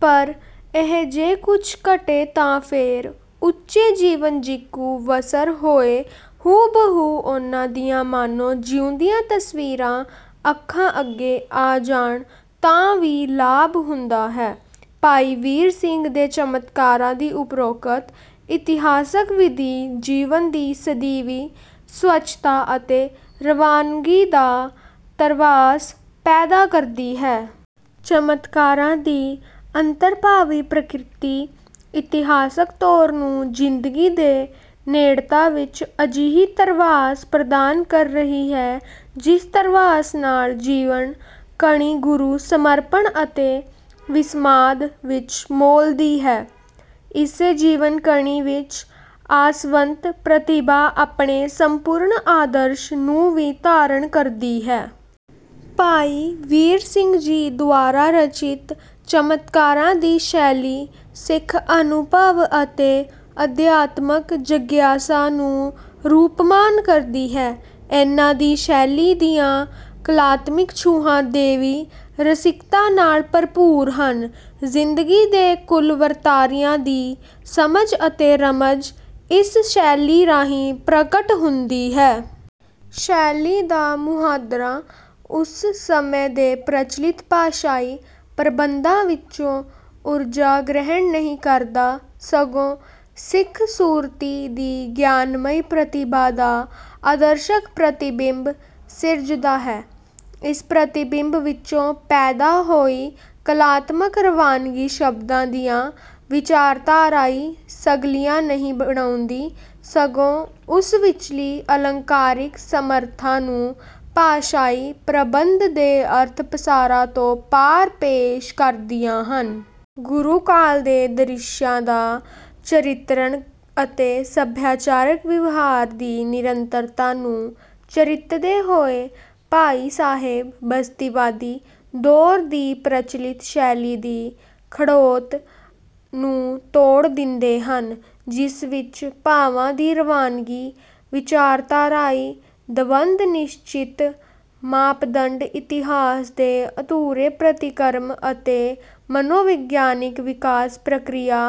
ਪਰ ਇਹ ਜੇ ਕੁੱਝ ਘਟੇ ਤਾਂ ਫੇਰ ਉੱਚੇ ਜੀਵਨ ਜੀਕੂ ਵਸਰ ਹੋਏ ਹੂ ਬ ਹੂ ਉਨ੍ਹਾਂ ਦੀਆਂ ਮਾਨੋ ਜਿਉਂਦੀਆਂ ਤਸਵੀਰਾਂ ਅੱਖਾਂ ਅੱਗੇ ਆ ਜਾਣ ਤਾਂ ਵੀ ਲਾਭ ਹੁੰਦਾ ਹੈ। ਭਾਈ ਵੀਰ ਸਿੰਘ ਦੇ ਚਮਤਕਾਰਾਂ ਦੀ ਉਪਰੋਕਤ ਇਤਿਹਾਸਕ ਵਿਧੀ ਜੀਵਨ ਦੀ ਸਦੀਵੀ ਸਵੱਛਤਾ ਅਤੇ ਰਵਾਨਗੀ ਦਾ ਧਰਵਾਸ ਪੈਦਾ ਕਰਦੀ ਹੈ। ਚਮਤਕਾਰਾਂ ਦੀ ਅੰਤਰਭਾਵੀ ਪ੍ਰਕਿਰਤੀ ਇਤਿਹਾਸਕ ਤੌਰ ਨੂੰ ਜ਼ਿੰਦਗੀ ਦੀ ਨੇੜਤਾ ਵਿੱਚ ਅਜਿਹੀ ਧਰਵਾਸ ਪ੍ਰਦਾਨ ਕਰ ਰਹੀ ਹੈ ਜਿਸ ਧਰਵਾਸ ਨਾਲ ਜੀਵਨ ਕਣੀ ਗੁਰੂ ਸਮਰਪਣ ਅਤੇ ਵਿਸਮਾਦ ਵਿੱਚ ਮੌਲਦੀ ਹੈ। ਇਸੇ ਜੀਵਨ ਕਣੀ ਵਿੱਚ ਆਸਵੰਤ ਪ੍ਰਤਿਭਾ ਆਪਣੇ ਸੰਪੂਰਨ ਆਦਰਸ਼ ਨੂੰ ਵੀ ਧਾਰਨ ਕਰਦੀ ਹੈ। ਭਾਈ ਵੀਰ ਸਿੰਘ ਜੀ ਦੁਆਰਾ ਰਚਿਤ ਚਮਤਕਾਰਾਂ ਦੀ ਸ਼ੈਲੀ ਸਿੱਖ ਅਨੁਭਵ ਅਤੇ ਅਧਿਆਤਮਕ ਜਗਿਆਸਾ ਨੂੰ ਰੂਪਮਾਨ ਕਰਦੀ ਹੈ। ਇਹਨਾਂ ਦੀ ਸ਼ੈਲੀ ਦੀਆਂ ਕਲਾਤਮਿਕ ਛੂਹਾਂ ਦੈਵੀ ਰਸਿਕਤਾ ਨਾਲ ਭਰਪੂਰ ਹਨ। ਜਿੰਦਗੀ ਦੇ ਕੁਲ ਵਰਤਾਰਿਆਂ ਦੀ ਸਮਝ ਅਤੇ ਰਮਝ ਇਸ ਸ਼ੈਲੀ ਰਾਹੀਂ ਪ੍ਰਗਟ ਹੁੰਦੀ ਹੈ। ਸ਼ੈਲੀ ਦਾ ਮੁਹਾਂਦਰਾ ਉਸ ਸਮੇਂ ਦੇ ਪ੍ਰਚਲਿਤ ਭਾਸ਼ਾਈ ਪ੍ਰਬੰਧਾਂ ਵਿੱਚੋਂ ਊਰਜਾ ਗ੍ਰਹਿਣ ਨਹੀਂ ਕਰਦਾ ਸਗੋਂ ਸਿੱਖ ਸੁਰਤਿ ਦੀ ਗਿਆਨਮਈ ਪ੍ਰਤਿਬਾ ਦਾ ਅਦਰਸ਼ਕ ਪ੍ਰਤੀਬਿੰਬ ਸਿਰਜਦਾ ਹੈ। ਇਸ ਪ੍ਰਤੀਬਿੰਬ ਵਿੱਚੋਂ ਪੈਦਾ ਹੋਈ ਕਲਾਤਮਕ ਰਵਾਨਗੀ ਸ਼ਬਦਾਂ ਦੀਆਂ ਵਿਚਾਰਧਾਰਾਈ ਸਗਲੀਆਂ ਨਹੀਂ ਬਣਾਉਂਦੀ ਸਗੋਂ ਉਸ ਵਿੱਚਲੀ ਅਲੰਕਾਰਿਕ ਸਮਰਥਾ ਨੂੰ ਭਾਸ਼ਾਈ ਪ੍ਰਬੰਧ ਦੇ ਅਰਥ ਪਸਾਰਾ ਤੋਂ ਪਾਰ ਪੇਸ਼ ਕਰਦੀਆਂ ਹਨ। ਗੁਰੂ ਕਾਲ ਦੇ ਦ੍ਰਿਸ਼ਾਂ ਦਾ ਚਰਿਤਰਣ ਅਤੇ ਸਭਿਆਚਾਰਕ ਵਿਵਹਾਰ ਦੀ ਨਿਰੰਤਰਤਾ ਨੂੰ ਚਰਿਤਦੇ ਹੋਏ ਭਾਈ ਸਾਹਿਬ ਬਸਤੀਵਾਦੀ ਦੌਰ ਦੀ ਪ੍ਰਚਲਿਤ ਸ਼ੈਲੀ ਦੀ ਖੜੋਤ ਨੂੰ ਤੋੜ ਦਿੰਦੇ ਹਨ। ਜਿਸ ਵਿੱਚ ਭਾਵਾਂ ਦੀ ਰਵਾਂਨਗੀ ਵਿਚਾਰਧਰਾਈ ਦਵੰਧ ਨਿਸ਼ਚਿਤ ਮਾਪਦੰਡ ਇਤਿਹਾਸ ਦੇ ਅਧੂਰੇ ਪ੍ਰਤੀਕਰਮ ਅਤੇ ਮਨੋਵਿਗਿਆਨਕ ਵਿਕਾਸ ਪ੍ਰਕਿਰਿਆ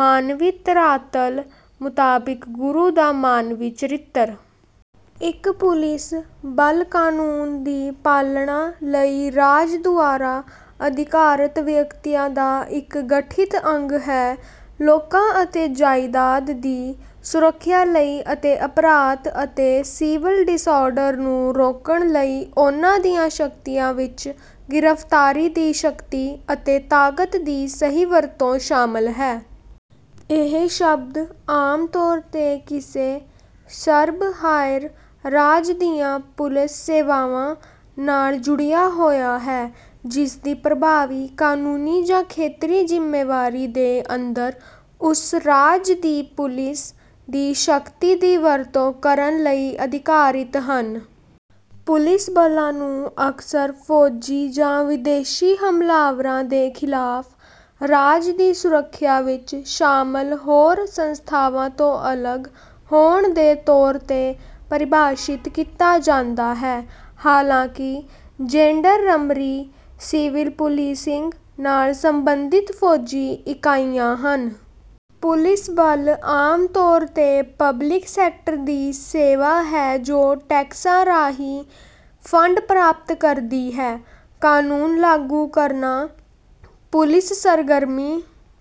ਮਾਨਵੀ ਧਰਾਤਲ ਮੁਤਾਬਿਕ ਗੁਰੂ ਦਾ ਮਾਨਵੀ ਚਰਿਤਰ। ਇੱਕ ਪੁਲਿਸ ਬਲ ਕਾਨੂੰਨ ਦੀ ਪਾਲਣਾ ਲਈ ਰਾਜ ਦੁਆਰਾ ਅਧਿਕਾਰਤ ਵਿਅਕਤੀਆਂ ਦਾ ਇੱਕ ਗਠਿਤ ਅੰਗ ਹੈ ਲੋਕਾਂ ਅਤੇ ਜਾਇਦਾਦ ਦੀ ਸੁਰੱਖਿਆ ਲਈ ਅਤੇ ਅਪਰਾਧ ਅਤੇ ਸਿਵਲ ਡਿਸਆਰਡਰ ਨੂੰ ਰੋਕਣ ਲਈ ਉਨ੍ਹਾਂ ਦੀਆਂ ਸ਼ਕਤੀਆਂ ਵਿੱਚ ਗ੍ਰਿਫਤਾਰੀ ਦੀ ਸ਼ਕਤੀ ਅਤੇ ਤਾਕਤ ਦੀ ਸਹੀ ਵਰਤੋਂ ਸ਼ਾਮਲ ਹੈ। ਇਹ ਸ਼ਬਦ ਆਮ ਤੌਰ ਤੇ ਕਿਸੇ ਸਰਬ ਹਾਇਰ ਰਾਜ ਦੀਆਂ ਪੁਲਿਸ ਸੇਵਾਵਾਂ ਨਾਲ ਜੁੜਿਆ ਹੋਇਆ ਹੈ ਜਿਸਦੀ ਪ੍ਰਭਾਵੀ ਕਾਨੂੰਨੀ ਜਾਂ ਖੇਤਰੀ ਜ਼ਿਮੇਵਾਰੀ ਦੇ ਅੰਦਰ ਉਸ ਰਾਜ ਦੀ ਪੁਲਿਸ ਦੀ ਸ਼ਕਤੀ ਦੀ ਵਰਤੋਂ ਕਰਨ ਲਈ ਅਧਿਕਾਰਿਤ ਹਨ। ਪੁਲਿਸ ਬਲਾਂ ਨੂੰ ਅਕਸਰ ਫੌਜੀ ਜਾਂ ਵਿਦੇਸ਼ੀ ਹਮਲਾਵਰਾਂ ਦੇ ਖਿਲਾਫ ਰਾਜ ਦੀ ਸੁਰੱਖਿਆ ਵਿੱਚ ਸ਼ਾਮਲ ਹੋਰ ਸੰਸਥਾਵਾਂ ਤੋਂ ਅਲਗ ਹੋਣ ਦੇ ਤੌਰ ਤੇ ਪਰਿਭਾਸ਼ਿਤ ਕੀਤਾ ਜਾਂਦਾ ਹੈ। ਹਾਲਾਂਕਿ ਜੈਂਡਰਰਮਰੀ ਸਿਵਲ ਪੁਲਿਸਿੰਗ ਨਾਲ ਸੰਬੰਧਿਤ ਫੌਜੀ ਇਕਾਈਆਂ ਹਨ। ਪੁਲਿਸ ਬਲ ਆਮ ਤੌਰ ਤੇ ਪਬਲਿਕ ਸੈਕਟਰ ਦੀ ਸੇਵਾ ਹੈ ਜੋ ਟੈਕਸਾਂ ਰਾਹੀਂ ਫੰਡ ਪ੍ਰਾਪਤ ਕਰਦੀ ਹੈ। ਕਾਨੂੰਨ ਲਾਗੂ ਕਰਨਾ ਪੁਲਿਸ ਸਰਗਰਮੀ